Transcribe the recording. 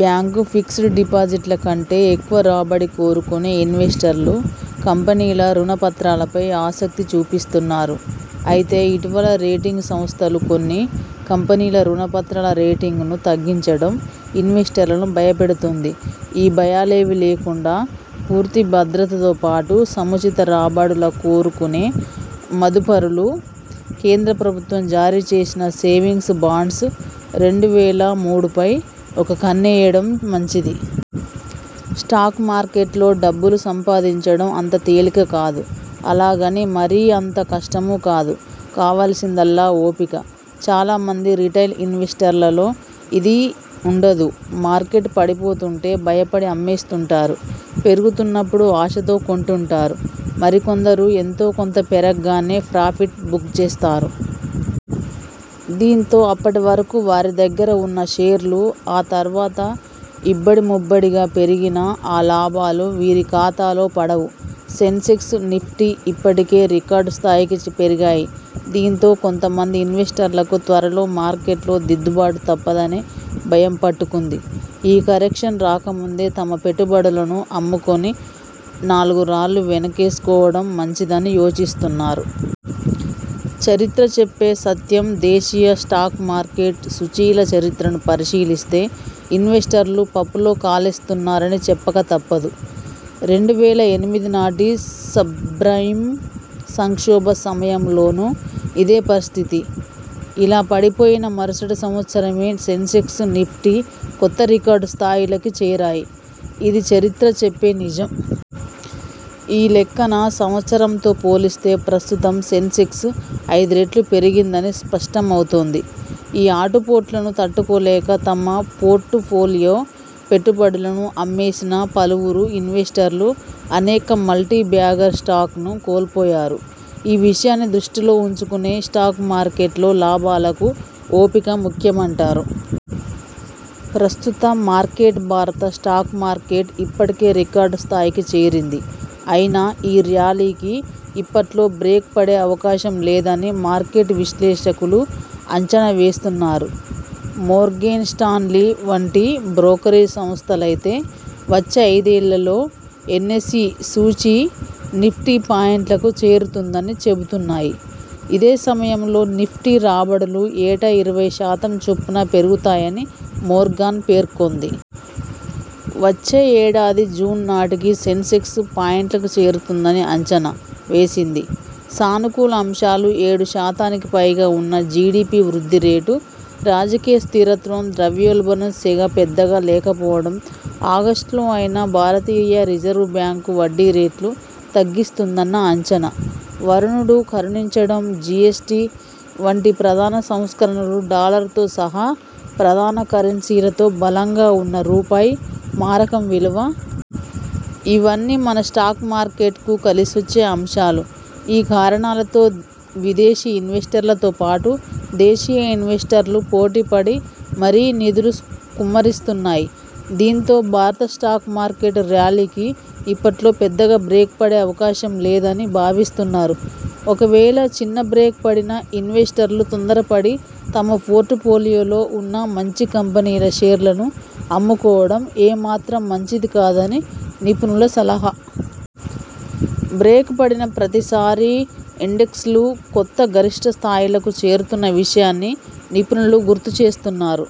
Bank fixed డిపాజిట్ల కంటే ఎక్కువ రాబడి కోరుకునే ఇన్వెస్టర్లు కంపెనీల రుణ పత్రాలపై ఆసక్తి చూపిస్తున్నారు. అయితే ఇటీవల రేటింగ్ సంస్థలు కొన్ని కంపెనీల రుణ పత్రాల రేటింగ్ను తగ్గించటం ఇన్వెస్టర్లను భయపెడుతోంది. ఈ భయాలేవీ లేకుండా పూర్తి భద్రతతోపాటు సముచిత రాబడుల కోరుకునే మదుపరులు, కేంద్ర ప్రభుత్వం జారీ చేసిన 'సేవింగ్స్ బాండ్స్-రెండు వేల మూడుపై ఒక కన్నేయడం మంచిది. స్టాక్ మార్కెట్లో డబ్బులు సంపాదించడం అంత తేలిక కాదు. అలాగని మరీ అంత కష్టమూ కాదు. కావాల్సిందల్లా ఓపిక. చాలా మంది రిటైల్ ఇన్వెస్టర్లలో ఇది ఉండదు. మార్కెట్ పడిపోతుంటే భయపడి అమ్మేస్తుంటారు. పెరుగుతున్నప్పుడు ఆశతో కొంటుంటారు. మరికొందరు ఎంతో కొంత పెరగ్గానే ప్రాఫిట్ బుక్ చేస్తారు. దీంతో అప్పటి వరకు వారి దగ్గర ఉన్న షేర్లు ఆ తర్వాత ఇబ్బడిముబ్బడిగా పెరిగినా, ఆ లాభాలు వీరి ఖాతాలో పడవు. సెన్సెక్స్, నిఫ్టీ ఇప్పటికే రికార్డు స్థాయికి పెరిగాయి. దీంతో కొంతమంది ఇన్వెస్టర్లకు త్వరలో మార్కెట్లో దిద్దుబాటు తప్పదనే భయం పట్టుకుంది. ఈ కరెక్షన్ రాక ముందే తమ పెట్టుబడులను అమ్ముకుని నాలుగు రాళ్లు వెనకేసుకోవడం మంచిదని యోచిస్తున్నారు. చరిత్ర చెప్పే సత్యందేశీయ స్టాక్ మార్కెట్ సూచీల చరిత్రను పరిశీలిస్తే ఇన్వెస్టర్లు పప్పులో కాలేస్తున్నారని చెప్పక తప్పదు. రెండు వేల ఎనిమిదినాటి సబ్ప్రైమ్ సంక్షోభ సమయంలోనూ ఇదే పరిస్థితి. ఇలా పడిపోయిన మరుసటి సంవత్సరమే సెన్సెక్స్, నిఫ్టీ కొత్త రికార్డు స్థాయిలకి చేరాయి. ఇది చరిత్ర చెప్పే నిజం. ఈ లెక్కన సంవత్సరంతో పోలిస్తే ప్రస్తుతం సెన్సెక్స్ ఐదు రెట్లు పెరిగిందని స్పష్టమవుతోంది. ఈ ఆటుపోట్లను తట్టుకోలేక తమ పోర్టుఫోలియో పెట్టుబడులను అమ్మేసిన పలువురు ఇన్వెస్టర్లు అనేక మల్టీ బ్యాగర్ స్టాక్స్ను కోల్పోయారు. ఈ విషయాన్ని దృష్టిలో ఉంచుకునే స్టాక్ మార్కెట్లో లాభాలకు ఓపిక ముఖ్యమంటారు. ప్రస్తుత మార్కెట్భారత స్టాక్ మార్కెట్ ఇప్పటికే రికార్డ్ స్థాయికి చేరింది. అయినా ఈ ర్యాలీకి ఇప్పట్లో బ్రేక్ పడే అవకాశం లేదని మార్కెట్ విశ్లేషకులు అంచనా వేస్తున్నారు. మోర్గాన్స్టాన్లీ వంటి బ్రోకరేజ్ సంస్థలైతే వచ్చే ఐదేళ్లలో ఎన్ఎస్ఇ సూచీ నిఫ్టీ పాయింట్లకు చేరుతుందని చెబుతున్నాయి. ఇదే సమయంలో నిఫ్టీ రాబడులూ ఏటా ఇరవై శాతం చొప్పున పెరుగుతాయని మోర్గాన్ పేర్కొంది. వచ్చే ఏడాది జూన్ నాటికి సెన్సెక్స్ పాయింట్లకు చేరుతుందని అంచనా వేసింది. సానుకూల అంశాలుఏడు శాతానికిపైగా ఉన్న జిడిపి వృద్ధి రేటు, రాజకీయ స్థిరత్వం, ద్రవ్యోల్బణం సెగ పెద్దగా లేకపోవడం, ఆగస్టులో అయినా భారతీయ రిజర్వ్ బ్యాంక్ వడ్డీ రేట్లు తగ్గిస్తుందన్న అంచనా, వరుణుడు కరుణించడం, జిఎ్సటి వంటి ప్రధాన సంస్కరణలు, డాలర్తో సహా ప్రఽధాన కరెన్సీలతో బలంగా ఉన్న రూపాయి మారకం విలువ.. ఇవన్నీ మన స్టాక్ మార్కెట్కు కలిసొచ్చే అంశాలు. ఈ కారణాలతో విదేశీ ఇన్వెస్టర్లతోపాటు, దేశీయ ఇన్వెస్టర్లు పోటీపడి మరీ నిధులు కుమ్మరిస్తున్నాయి. దీంతో భారత స్టాక్ మార్కెట్ ర్యాలీకి ఇప్పట్లో పెద్దగా బ్రేక్ పడే అవకాశం లేదని భావిస్తున్నారు. ఒకవేళ చిన్న బ్రేక్ పడినా ఇన్వెస్టర్లు తొందరపడి తమ పోర్టుఫోలియోలో ఉన్న మంచి కంపెనీల షేర్లను అమ్ముకోవడం ఏ మాత్రం మంచిది కాదని నిపుణుల సలహా. బ్రేక్ పడిన ప్రతిసారీ ఇండెక్స్లు కొత్త గరిష్ఠ స్థాయిలకు చేరుతున్న విషయాన్నీ నిపుణులు గుర్తు చేస్తున్నారు.